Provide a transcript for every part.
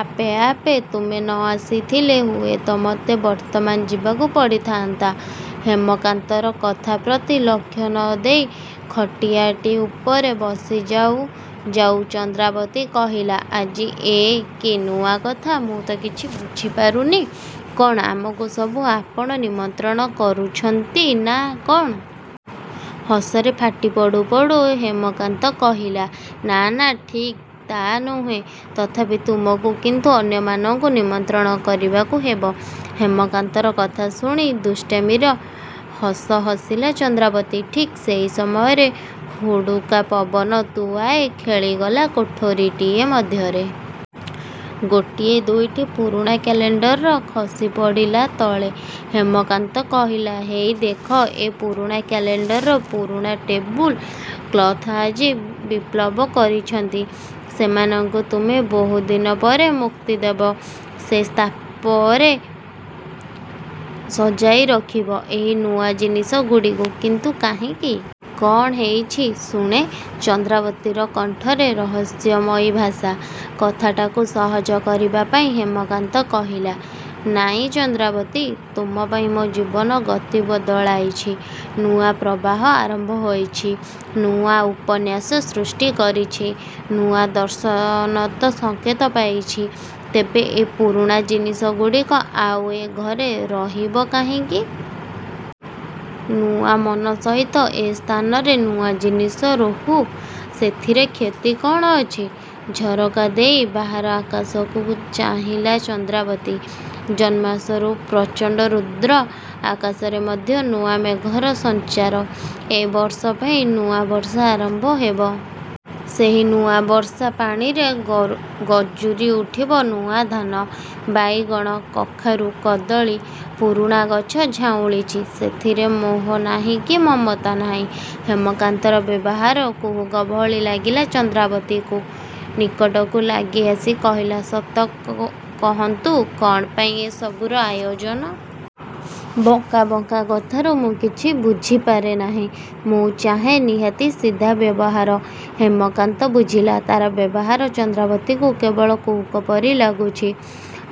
ଆପେ ଆପେ ତୁମେ ନ ଆସିଥିଲେ ହୁଏତ ମୋତେ ବର୍ତ୍ତମାନ ଯିବାକୁ ପଡ଼ିଥାନ୍ତା। ହେମକାନ୍ତର କଥା ପ୍ରତି ଲକ୍ଷ୍ୟ ନ ଦେଇ ଖଟିଆଟି ଉପରେ ବସି ଯାଉ ଯାଉ ଚନ୍ଦ୍ରାବତୀ କହିଲା ଆଜି ଏ କି ନୂଆ କଥା। ମୁଁ ତ କିଛି ବୁଝିପାରୁନି। କଣ ଆମକୁ ସବୁ ଆପଣ ନିମନ୍ତ୍ରଣ କରୁଛନ୍ତି ନାଁ କଣ? ହସରେ ଫାଟି ପଡ଼ୁ ପଡ଼ୁ ହେମକାନ୍ତ କହିଲା ନାଁ ନାଁ ଠିକ୍ ତା ନୁହେଁ, ତଥାପି ତୁମକୁ କିନ୍ତୁ ଅନ୍ୟମାନଙ୍କୁ ନିମନ୍ତ୍ରଣ କରିବାକୁ ହେବ। ହେମକାନ୍ତର କଥା ଶୁଣି ଦୁଷ୍ଟାମୀର ହସ ହସିଲା ଚନ୍ଦ୍ରାବତୀ। ଠିକ୍ ସେହି ସମୟରେ ହୁଡ଼ୁକା ପବନ ତୁଆଏ ଖେଳିଗଲା କୋଠରୀଟି ମଧ୍ୟରେ। ଗୋଟିଏ ଦୁଇଟି ପୁରୁଣା କ୍ୟାଲେଣ୍ଡର ଖସିପଡ଼ିଲା ତଳେ। ହେମକାନ୍ତ କହିଲା ହେଇ ଦେଖ ଏ ପୁରୁଣା କ୍ୟାଲେଣ୍ଡର, ପୁରୁଣା ଟେବୁଲ କ୍ଲଥ୍ ଆଜି ବିପ୍ଲବ କରିଛନ୍ତି। ସେମାନଙ୍କୁ ତୁମେ ବହୁଦିନ ପରେ ମୁକ୍ତି ଦେବ। ସେ ସ୍ଥାପରେ ସଜାଇ ରଖିବ ଏଇ ନୂଆ ଜିନିଷଗୁଡ଼ିକୁ କିନ୍ତୁ କାହିଁକି? କଣ ହେଇଛି ଶୁଣେ। ଚନ୍ଦ୍ରାବତୀର କଣ୍ଠରେ ରହସ୍ୟମୟୀ ଭାଷା। କଥାଟାକୁ ସହଜ କରିବା ପାଇଁ ହେମକାନ୍ତ କହିଲା ନାଇଁ ଚନ୍ଦ୍ରାବତୀ, ତୁମପାଇଁ ମୋ ଜୀବନ ଗତି ବଦଳାଇଛି। ନୂଆ ପ୍ରବାହ ଆରମ୍ଭ ହୋଇଛି, ନୂଆ ଉପନ୍ୟାସ ସୃଷ୍ଟି କରିଛି, ନୂଆ ଦର୍ଶନତ ସଙ୍କେତ ପାଇଛି। ତେବେ ଏ ପୁରୁଣା ଜିନିଷଗୁଡ଼ିକ ଆଉ ଏ ଘରେ ରହିବ କାହିଁକି? ନୂଆ ମନ ସହିତ ଏ ସ୍ଥାନରେ ନୂଆ ଜିନିଷ ରହୁ। ସେଥିରେ କ୍ଷତି କଣ ଅଛି ଝରକା ଦେଇ ବାହାର ଆକାଶକୁ ଚାହିଁଲା ଚନ୍ଦ୍ରାବତୀ। ଜୁନ୍ମାସର ପ୍ରଚଣ୍ଡ ରୁଦ୍ର ଆକାଶରେ ମଧ୍ୟ ନୂଆ ମେଘର ସଞ୍ଚାର। ଏ ବର୍ଷ ପାଇଁ ନୂଆ ବର୍ଷା ଆରମ୍ଭ ହେବ। ସେହି ନୂଆ ବର୍ଷା ପାଣିରେ ଗଜୁରି ଉଠିବ ନୂଆ ଧାନ, ବାଇଗଣ, କଖାରୁ, କଦଳୀ। ପୁରୁଣା ଗଛ ଝାଉଁଳିଛି। ସେଥିରେ ମୋହ ନାହିଁ କି ମମତା ନାହିଁ। ହେମକାନ୍ତର ବ୍ୟବହାର କୁହୁକ ଭଳି ଲାଗିଲା ଚନ୍ଦ୍ରାବତୀକୁ। ନିକଟକୁ ଲାଗି ଆସି କହିଲା ସତ କହନ୍ତୁ କଣ ପାଇଁ ଏ ସବୁର ଆୟୋଜନ। ବଙ୍କା ବଙ୍କା କଥାରୁ ମୁଁ କିଛି ବୁଝି ପାରେନାହିଁ। ମୁଁ ଚାହେଁ ନିହାତି ସିଧା ବ୍ୟବହାର। ହେମକାନ୍ତ ବୁଝିଲା ତାର ବ୍ୟବହାର ଚନ୍ଦ୍ରାବତୀକୁ କେବଳ କୁହୁକ ପରି ଲାଗୁଛି।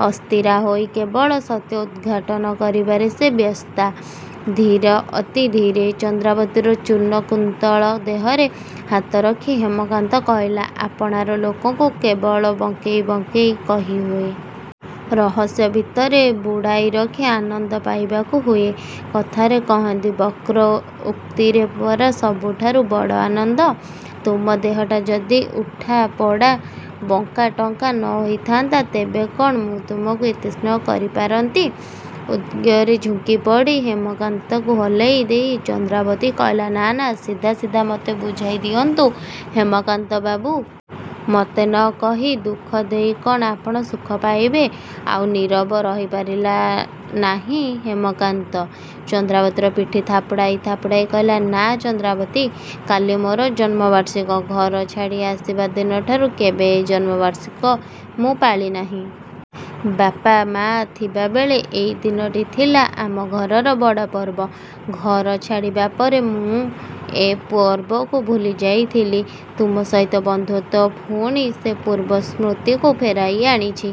ଅସ୍ଥିରା ହୋଇ କେବଳ ସତ୍ୟ ଉଦ୍ଘାଟନ କରିବାରେ ସେ ବ୍ୟସ୍ତା। ଧୀରେ ଅତି ଧୀରେ ଚନ୍ଦ୍ରାବତୀର ଚୂର୍ଣ୍ଣ କୁନ୍ତଳ ଦେହରେ ହାତ ରଖି ହେମକାନ୍ତ କହିଲା ଆପଣାର ଲୋକକୁ କେବଳ ବଙ୍କେଇ ବଙ୍କେଇ କହି ହୁଏ। ରହସ୍ୟ ଭିତରେ ବୁଡ଼ାଇରଖି ଆନନ୍ଦ ପାଇବାକୁ ହୁଏ। କଥାରେ କହନ୍ତି ବକ୍ର ଉକ୍ତିରେ ପରା ସବୁଠାରୁ ବଡ଼ ଆନନ୍ଦ। ତୁମ ଦେହଟା ଯଦି ଉଠା, ପଡ଼ା, ବଙ୍କା, ଟଙ୍କା ନ ହୋଇଥାନ୍ତା ତେବେ କ'ଣ ମୁଁ ତୁମକୁ ଏତେ ସ୍ନେହ କରି ପାରନ୍ତି। ଉଦ୍ବେଗରେ ଝୁଙ୍କି ପଡ଼ି ହେମକାନ୍ତକୁ ହଲେଇ ଦେଇ ଚନ୍ଦ୍ରାବତୀ କହିଲା ନାଁ ନାଁ ସିଧା ସିଧା ମୋତେ ବୁଝାଇ ଦିଅନ୍ତୁ ହେମକାନ୍ତ ବାବୁ। ମୋତେ ନ କହି ଦୁଃଖ ଦେଇ କଣ ଆପଣ ସୁଖ ପାଇବେ? ଆଉ ନୀରବ ରହି ପାରିଲାନି ହେମକାନ୍ତ। ଚନ୍ଦ୍ରାବତୀର ପିଠି ଥାପୁଡ଼ାଇ ଥାପୁଡ଼ାଉ କହିଲା ନାଁ ଚନ୍ଦ୍ରାବତୀ କାଲି ମୋର ଜନ୍ମବାର୍ଷିକୀ। ଘର ଛାଡ଼ି ଆସିବା ଦିନଠାରୁ କେବେ ଏ ଜନ୍ମବାର୍ଷିକୀ ମୁଁ ପାଳିନାହିଁ। ବାପା ମାଆ ଥିବାବେଳେ ଏଇ ଦିନଟି ଥିଲା ଆମ ଘରର ବଡ଼ ପର୍ବ। ଘର ଛାଡ଼ିବା ପରେ ମୁଁ ଏ ପର୍ବକୁ ଭୁଲି ଯାଇଥିଲି। ତୁମ ସହିତ ବନ୍ଧୁତ୍ୱ ପୁଣି ସେ ପୂର୍ବ ସ୍ମୃତିକୁ ଫେରାଇ ଆଣିଛି।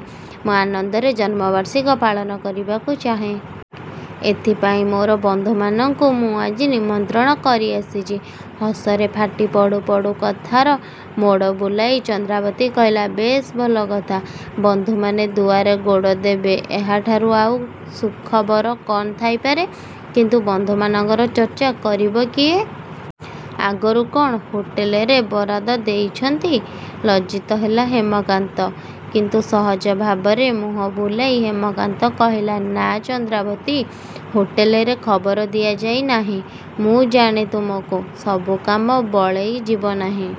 ମୁଁ ଆନନ୍ଦରେ ଜନ୍ମବର୍ଷିକୀ ପାଳନ କରିବାକୁ ଚାହେଁ। ଏଥିପାଇଁ ମୋର ବନ୍ଧୁମାନଙ୍କୁ ମୁଁ ଆଜି ନିମନ୍ତ୍ରଣ କରି ଆସିଛି। ହସରେ ଫାଟି ପଡ଼ୁ ପଡ଼ୁ କଥାର ମୋଡ଼ ବୁଲାଇ ଚନ୍ଦ୍ରାବତୀ କହିଲା ବେଶ୍ ଭଲ କଥା। ବନ୍ଧୁମାନେ ଦୁଆରେ ଗୋଡ଼ ଦେବେ ଏହାଠାରୁ ଆଉ ସୁଖବର କଣ ଥାଇପାରେ? କିନ୍ତୁ ବନ୍ଧୁମାନଙ୍କର ଚର୍ଚ୍ଚା କରିବ କିଏ? ଆଗରୁ କଣ ହୋଟେଲରେ ବରାଦ ଦେଇଛନ୍ତି? ଲଜ୍ଜିତ ହେଲା ହେମକାନ୍ତ କିନ୍ତୁ ସହଜ ଭାବରେ ମୁହଁ ବୁଲାଇ ହେମକାନ୍ତ କହିଲା ନାଁ ଚନ୍ଦ୍ରାବତୀ ହୋଟେଲରେ ଖବର ଦିଆଯାଇ ନାହିଁ। ମୁଁ ଜାଣେ ତୁମକୁ, ସବୁ କାମ ବଳେଇ ଯିବନାହିଁ।